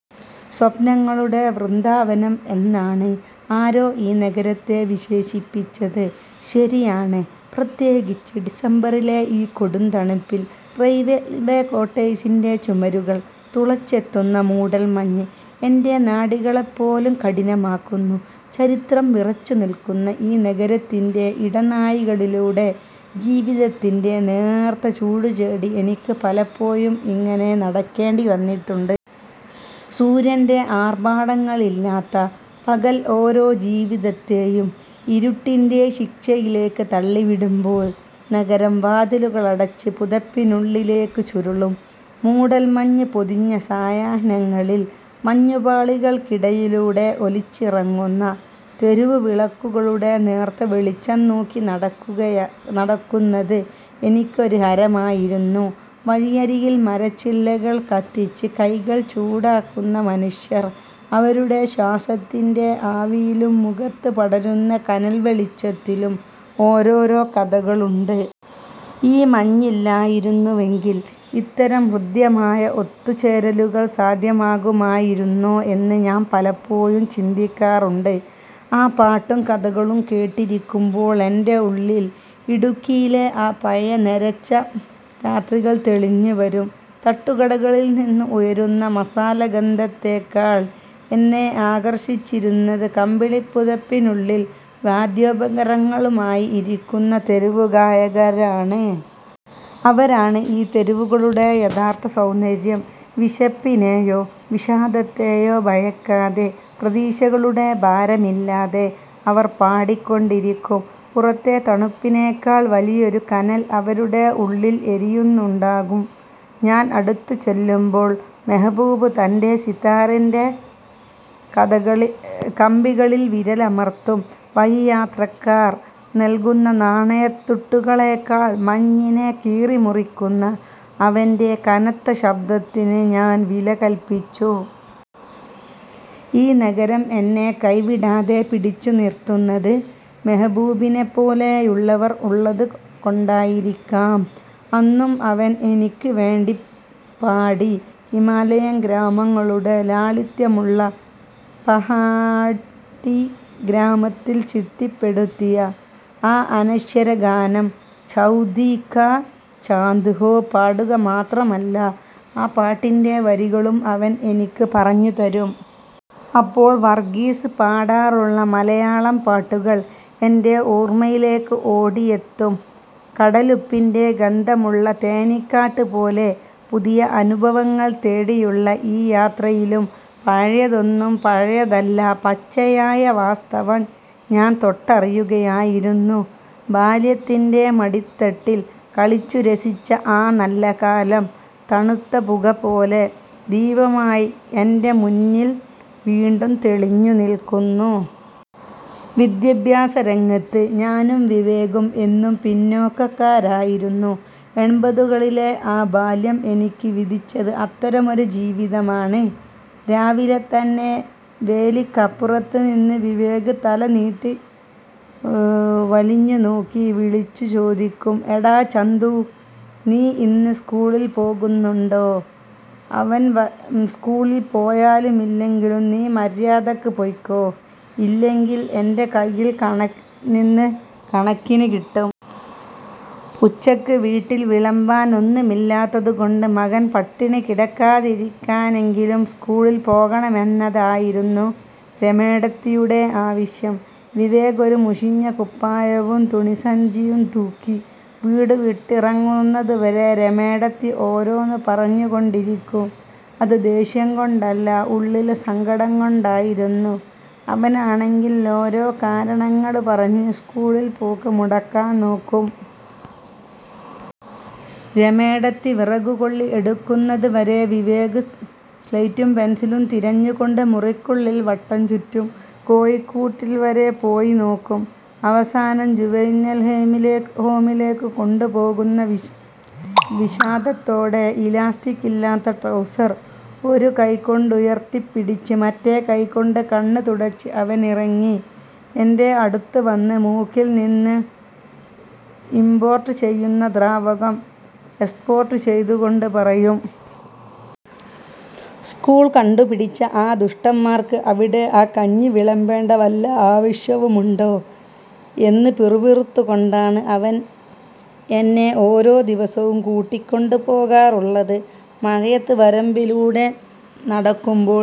സ്വപ്നങ്ങളുടെ വൃദ്ധാവനം എന്നാണ് ആരോ ഈ നഗരത്തെ വിശേഷിപ്പിച്ചത്. ശരിയാണ്, പ്രത്യേകിച്ച് ഡിസംബറിലെ ഈ കൊടും തണുപ്പിൽ. റെയിൽവേ ക്വാർട്ടേഴ്സിന്റെ ചുവരുകൾ തുളച്ചെത്തുന്ന മൂടൽമഞ്ഞ് എന്റെ നാഡികളെപ്പോലും കഠിനമാക്കുന്നു. ചരിത്രം വിറച്ചുനിൽക്കുന്ന ഈ നഗരത്തിന്റെ ഇടനാഴികളിലൂടെ, ജീവിതത്തിന്റെ നേർത്ത ചൂടുതേടി എനിക്ക് പലപ്പോഴും ഇറങ്ങി നടക്കേണ്ടി വന്നിട്ടുണ്ട്. സൂര്യന്റെ ആർഭാടങ്ങളില്ലാത്ത പകൽ ഓരോ ജീവിതത്തെയും ഇരുട്ടിന്റെ ശിക്ഷയിലേക്ക് തള്ളിവിടുമ്പോൾ, നഗരം വാതിലുകളടച്ച് പുതപ്പിനുള്ളിലേക്ക് ചുരുളും. മൂടൽമഞ്ഞ് പൊതിഞ്ഞ സായാഹ്നങ്ങളിൽ, മഞ്ഞുപാളികൾക്കിടയിലൂടെ ഒളിച്ചിറങ്ങുന്ന തെരുവുവിളക്കുകളുടെ നേർത്ത വെളിച്ചം നോക്കി നടക്കുന്നത് എനിക്കൊരു ഹരമായിരുന്നു. വഴിയരികിൽ മരച്ചില്ലകൾ കത്തിച്ച് കൈകൾ ചൂടാക്കുന്ന മനുഷ്യർ. അവരുടെ ശ്വാസത്തിന്റെ ആവിയിലും, മുഖത്ത് പടരുന്ന കനൽ വെളിച്ചത്തിലും ഓരോരോ കഥകളുണ്ട്. ഈ മഞ്ഞില്ലായിരുന്നുവെങ്കിൽ ഇത്തരം ഹൃദ്യമായ ഒത്തുചേരലുകൾ സാധ്യമാകുമായിരുന്നോ എന്ന് ഞാൻ പലപ്പോഴും ചിന്തിക്കാറുണ്ട്. ആ പാട്ടും കഥകളും കേട്ടിരിക്കുമ്പോൾ എന്റെ ഉള്ളിൽ ഇടുക്കിയിലെ ആ പഴയ നരച്ച രാത്രികൾ തെളിഞ്ഞുവരും. തട്ടുകടകളിൽ നിന്ന് ഉയരുന്ന മസാലഗന്ധത്തേക്കാൾ എന്നെ ആകർഷിച്ചിരുന്നത്, കമ്പിളി പുതപ്പിനുള്ളിൽ വാദ്യോപകരണങ്ങളുമായി ഇരിക്കുന്ന തെരുവുഗായകരാണ്. അവരാണ് ഈ തെരുവുകളുടെ യഥാർത്ഥ സൗന്ദര്യം. വിശപ്പിനെയോ വിഷാദത്തെയോ ഭയക്കാതെ, പ്രതീക്ഷകളുടെ ഭാരമില്ലാതെ അവർ പാടിക്കൊണ്ടിരിക്കും. പുറത്തെ തണുപ്പിനേക്കാൾ വലിയൊരു കനൽ അവരുടെ ഉള്ളിൽ എരിയുന്നുണ്ടാവാം. ഞാൻ അടുത്തുചെല്ലുമ്പോൾ മെഹബൂബ് തന്റെ സിത്താറിന്റെ കമ്പികളിൽ വിരലമർത്തും. വഴിയാത്രക്കാർ നൽകുന്ന നാണയത്തുട്ടുകളേക്കാൾ, മഞ്ഞിനെ കീറിമുറിക്കുന്ന അവന്റെ കനത്ത ശബ്ദത്തിന് ഞാൻ വിലകല്പിച്ചു. ഈ നഗരം എന്നെ കൈവിടാതെ പിടിച്ചുനിർത്തുന്നത് മെഹബൂബിനെപ്പോലെയുള്ളവർ ഉള്ളതുകൊണ്ടായിരിക്കാം. അന്നും അവൻ എനിക്ക് വേണ്ടി പാടി; ഹിമാലയൻ ഗ്രാമങ്ങളുടെ ലാളിത്യമുള്ള പഹാഡി രാഗത്തിൽ ചിട്ടപ്പെടുത്തിയ ആ അനശ്വര ഗാനം "ചൗദ്വീ കാ ചാന്ദ് ഹോ... " പാടുക മാത്രമല്ല, ആ പാട്ടിന്റെ ചരിത്രവും അവൻ എനിക്ക് പറഞ്ഞുതരും. അപ്പോൾ വർഗ്ഗീസ് പാടാറുള്ള മലയാളം പാട്ടുകൾ എന്റെ ഓർമ്മയിലേക്ക് ഓടിയെത്തും, കടലുപ്പിൻ്റെ ഗന്ധമുള്ള തേനിക്കാട്ട് പോലെ. പുതിയ അനുഭവങ്ങൾ തേടിയുള്ള ഈ യാത്രയിലും പഴയതൊന്നും പഴയതല്ലെന്ന പച്ചയായ വാസ്തവം ഞാൻ തൊട്ടറിയുകയായിരുന്നു. ബാല്യത്തിന്റെ മടിത്തട്ടിൽ കളിച്ചുരസിച്ച ആ നല്ലകാലം, തണുത്ത പുകപോലൊരു ദീപമായി എന്റെ മുന്നിൽ വീണ്ടും തെളിഞ്ഞുനിൽക്കുന്നു. വിദ്യാഭ്യാസരംഗത്ത് ഞാനും വിവേകും എന്നും പിന്നോക്കക്കാരായിരുന്നു. എൺപതുകളിലെ ആ ബാല്യം എനിക്ക് വിധിച്ചത് അത്തരമൊരു ജീവിതമാണ്. രാവിലെ തന്നെ വേലിക്കപ്പുറത്തുനിന്ന് വിവേക് തല നീട്ടി വലിഞ്ഞുനോക്കി വിളിച്ചു ചോദിക്കും: "എടാ ചന്തൂ, നീ ഇന്ന് സ്കൂളിൽ പോകുന്നുണ്ടോ? " അവൻ സ്കൂളിൽ പോയാലും ഇല്ലെങ്കിലും "നീ മര്യാദയ്ക്ക് പൊയ്ക്കോ, ഇല്ലെങ്കിൽ എന്റെ കയ്യിൽ നിന്ന് കണക്കിന് കിട്ടും. " ഉച്ചയ്ക്ക് വീട്ടിൽ വിളമ്പാൻ ഒന്നുമില്ലാത്തതുകൊണ്ട്, മകൻ പട്ടിണി കിടക്കാതിരിക്കാനെങ്കിലും സ്കൂളിൽ പോകണമെന്നതായിരുന്നു രമേടത്തിയുടെ ആവശ്യം. വിവേക് ഒരു മുഷിഞ്ഞ കുപ്പായവും തുണിസഞ്ചിയും തൂക്കി വീടുവിട്ടിറങ്ങുന്നതുവരെ രമേടത്തി ഓരോന്ന് പറഞ്ഞുകൊണ്ടിരിക്കും. അത് ദേഷ്യം കൊണ്ടല്ല, ഉള്ളിലെ സങ്കടം കൊണ്ടായിരുന്നു. അവനാണെങ്കിൽ ഓരോ കാരണങ്ങൾ പറഞ്ഞ് സ്കൂളിൽ പോക്ക് മുടക്കാൻ നോക്കും. രമേടത്തി വിറകുകൊള്ളി എടുക്കുന്നത് വരെ വിവേക് സ്ലേറ്റും പെൻസിലും തിരഞ്ഞുകൊണ്ട് മുറിക്കുള്ളിൽ വട്ടം ചുറ്റും. കോഴിക്കൂട്ടിൽ വരെ പോയി നോക്കും. അവസാനം, ജുവനൈൽ ഹോമിലേക്ക് കൊണ്ടുപോകുന്ന വിഷാദത്തോടെ, ഇലാസ്റ്റിക് ഇല്ലാത്ത ട്രൗസർ ഒരു കൈകൊണ്ടുയർത്തിപ്പിടിച്ച്, മറ്റേ കൈകൊണ്ട് കണ്ണ് തുടച്ച് അവൻ ഇറങ്ങി എന്റെ അടുത്ത് വന്ന് മൂക്കിൽ നിന്ന് ഇംപോർട്ട് ചെയ്യുന്ന ദ്രാവകം എക്സ്പോർട്ട് ചെയ്ത്കൊണ്ട് പറയും.. "സ്കൂൾ കണ്ടുപിടിച്ച ആ ദുഷ്ടന്മാർക്ക് അവിടെ കഞ്ഞി വിളമ്പേണ്ട വല്ല ആവശ്യവുമുണ്ടോ? " എന്ന് പിറുപിറുത്തുകൊണ്ടാണ് അവൻ എന്നെ ഓരോ ദിവസവും കൂട്ടിക്കൊണ്ടുപോകാറുള്ളത്. മഴയത്ത് വരമ്പിലൂടെ നടക്കുമ്പോൾ ഞാൻ